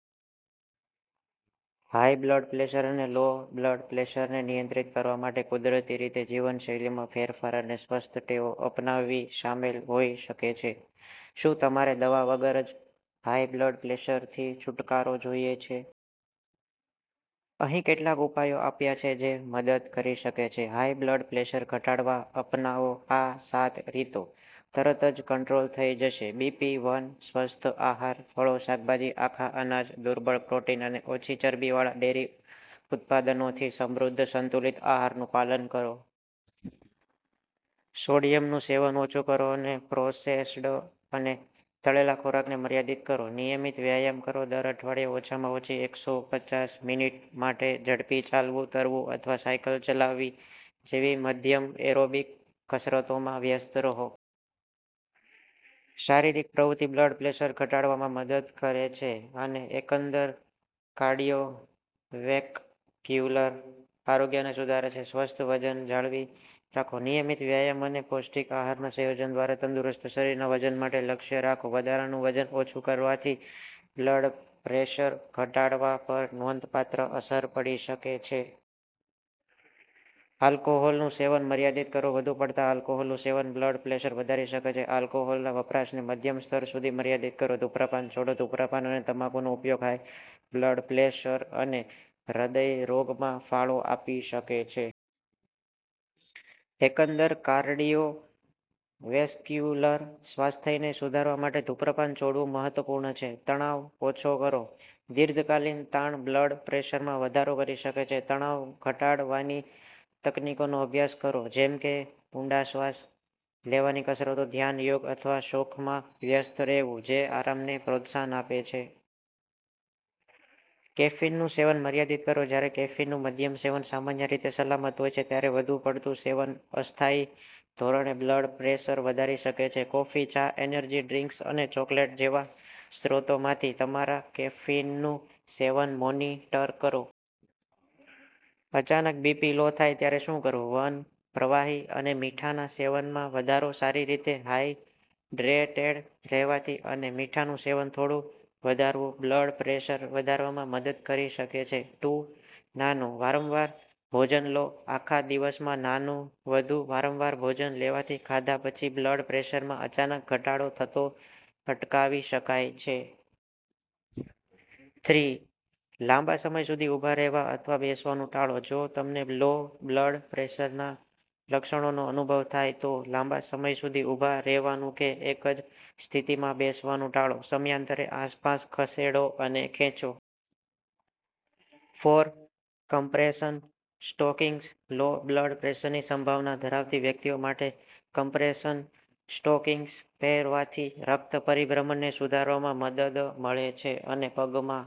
High blood pressure અને low blood pressure ને નિયંત્રિત કરવા માટે કુદરતી રીતે જીવનશૈલીમાં ફેરફાર અને સ્વસ્થ ટેવો અપનાવવી સામેલ હોઈ શકે છે. શું તમારે દવા વગર જ હાઈ બ્લડ પ્રેશરથી છૂટકારો જોઈએ છે? અહીં કેટલાક ઉપાયો આપ્યા છે જે મદદ કરી શકે છે: હાઈ બ્લડ પ્રેશર ઘટાડવા અપનાવો આ સાત રીતો, તરત જ કંટ્રોલ થઈ જશે બીપી. વન. સ્વસ્થ આહાર: ફળો, શાકભાજી, આખા અનાજ, દુર્બળ પ્રોટીન અને ઓછી ચરબીવાળા ડેરી ઉત્પાદનોથી સમૃદ્ધ સંતુલિત આહારનું પાલન કરો. સોડિયમ નું સેવન ઓછું કરો અને પ્રોસેસ્ડ અને તળેલા ખોરાકને મર્યાદિત કરો. નિયમિત વ્યાયામ કરો: દર અઠવાડિયે ઓછામાં ઓછી એક સો પચાસ મિનિટ માટે ઝડપી ચાલવું, તરવું અથવા સાયકલ ચલાવવી જેવી મધ્યમ એરોબિક કસરતોમાં વ્યસ્ત રહો. શારીરિક પ્રવૃત્તિ બ્લડ પ્રેશર ઘટાડવામાં મદદ કરે છે અને એકંદર કાર્ડિયોવેસ્ક્યુલર આરોગ્યને સુધારે છે. સ્વસ્થ વજન જાળવી રાખો: નિયમિત વ્યાયામ અને પૌષ્ટિક આહારના સંયોજન દ્વારા તંદુરસ્ત શરીરના વજન માટે લક્ષ્ય રાખો. વધારાનું વજન ઓછું કરવાથી બ્લડ પ્રેશર ઘટાડવા પર નોંધપાત્ર અસર પડી શકે છે. આલ્કોહોલનું સેવન મર્યાદિત કરો: વધુ પડતા આલ્કોહોલનું સેવન બ્લડ પ્રેશર વધારી શકે છે. આલ્કોહોલના વપરાશને મધ્યમ સ્તર સુધી મર્યાદિત કરો. ધૂમ્રપાન છોડો: ધૂમ્રપાન અને તમાકુનો ઉપયોગ હાઈ બ્લડ પ્રેશર અને હૃદય રોગમાં ફાળો આપી શકે છે. એકંદર કાર્ડિયોવેસ્ક્યુલર સ્વાસ્થ્યને સુધારવા માટે ધૂમ્રપાન છોડવું મહત્વપૂર્ણ છે. તણાવ ઓછો કરો: દીર્ઘકાલીન તાણ બ્લડ પ્રેશરમાં વધારો કરી શકે છે. તણાવ-ઘટાડવાની તકનીકોનો અભ્યાસ કરો જેમ કે ઊંડા શ્વાસ લેવાની કસરતો, ધ્યાન, યોગ અથવા શોખમાં વ્યસ્ત રહેવું જે આરામને પ્રોત્સાહન આપે છે. કેફીનનું સેવન મર્યાદિત કરો: જ્યારે કેફીનનું મધ્યમ સેવન સામાન્ય રીતે સલામત હોય છે, ત્યારે વધુ પડતું સેવન અસ્થાયી ધોરણે બ્લડ પ્રેશર વધારી શકે છે. કોફી, ચા, એનર્જી ડ્રિંક્સ અને ચોકલેટ જેવા સ્ત્રોતોમાંથી તમારા કેફીનનું સેવન મોનિટર કરો. અચાનક બીપી લો થાય ત્યારે શું કરવું? વન. પ્રવાહી અને મીઠાના સેવનમાં વધારો: સારી રીતે હાઇડ્રેટેડ રહેવાથી અને મીઠાનું સેવન થોડું વધારવું બ્લડ પ્રેશર વધારવામાં મદદ કરી શકે છે. ટુ. નાનું, વારંવાર ભોજન લો: આખા દિવસમાં નાનું, વધુ વારંવાર ભોજન લેવાથી ખાધા પછી બ્લડ પ્રેશરમાં અચાનક ઘટાડો થતો અટકાવી શકાય છે. થ્રી. લાંબા સમય સુધી ઊભા રહેવા અથવા બેસવાનું ટાળો: જો તમને લો બ્લડ પ્રેશરનાં લક્ષણોનો અનુભવ થાય, તો લાંબા સમય સુધી ઊભા રહેવાનું કે એક જ સ્થિતિમાં બેસવાનું ટાળો. સમયાંતરે આસપાસ ખસેડો અને ખેંચો. Four. Compression stockings: low blood પ્રેશરની સંભાવના ધરાવતી વ્યક્તિઓ માટે, કમ્પ્રેશન સ્ટોકિંગ્સ પહેરવાથી રક્ત પરિભ્રમણને સુધારવામાં મદદ મળે છે અને પગમાં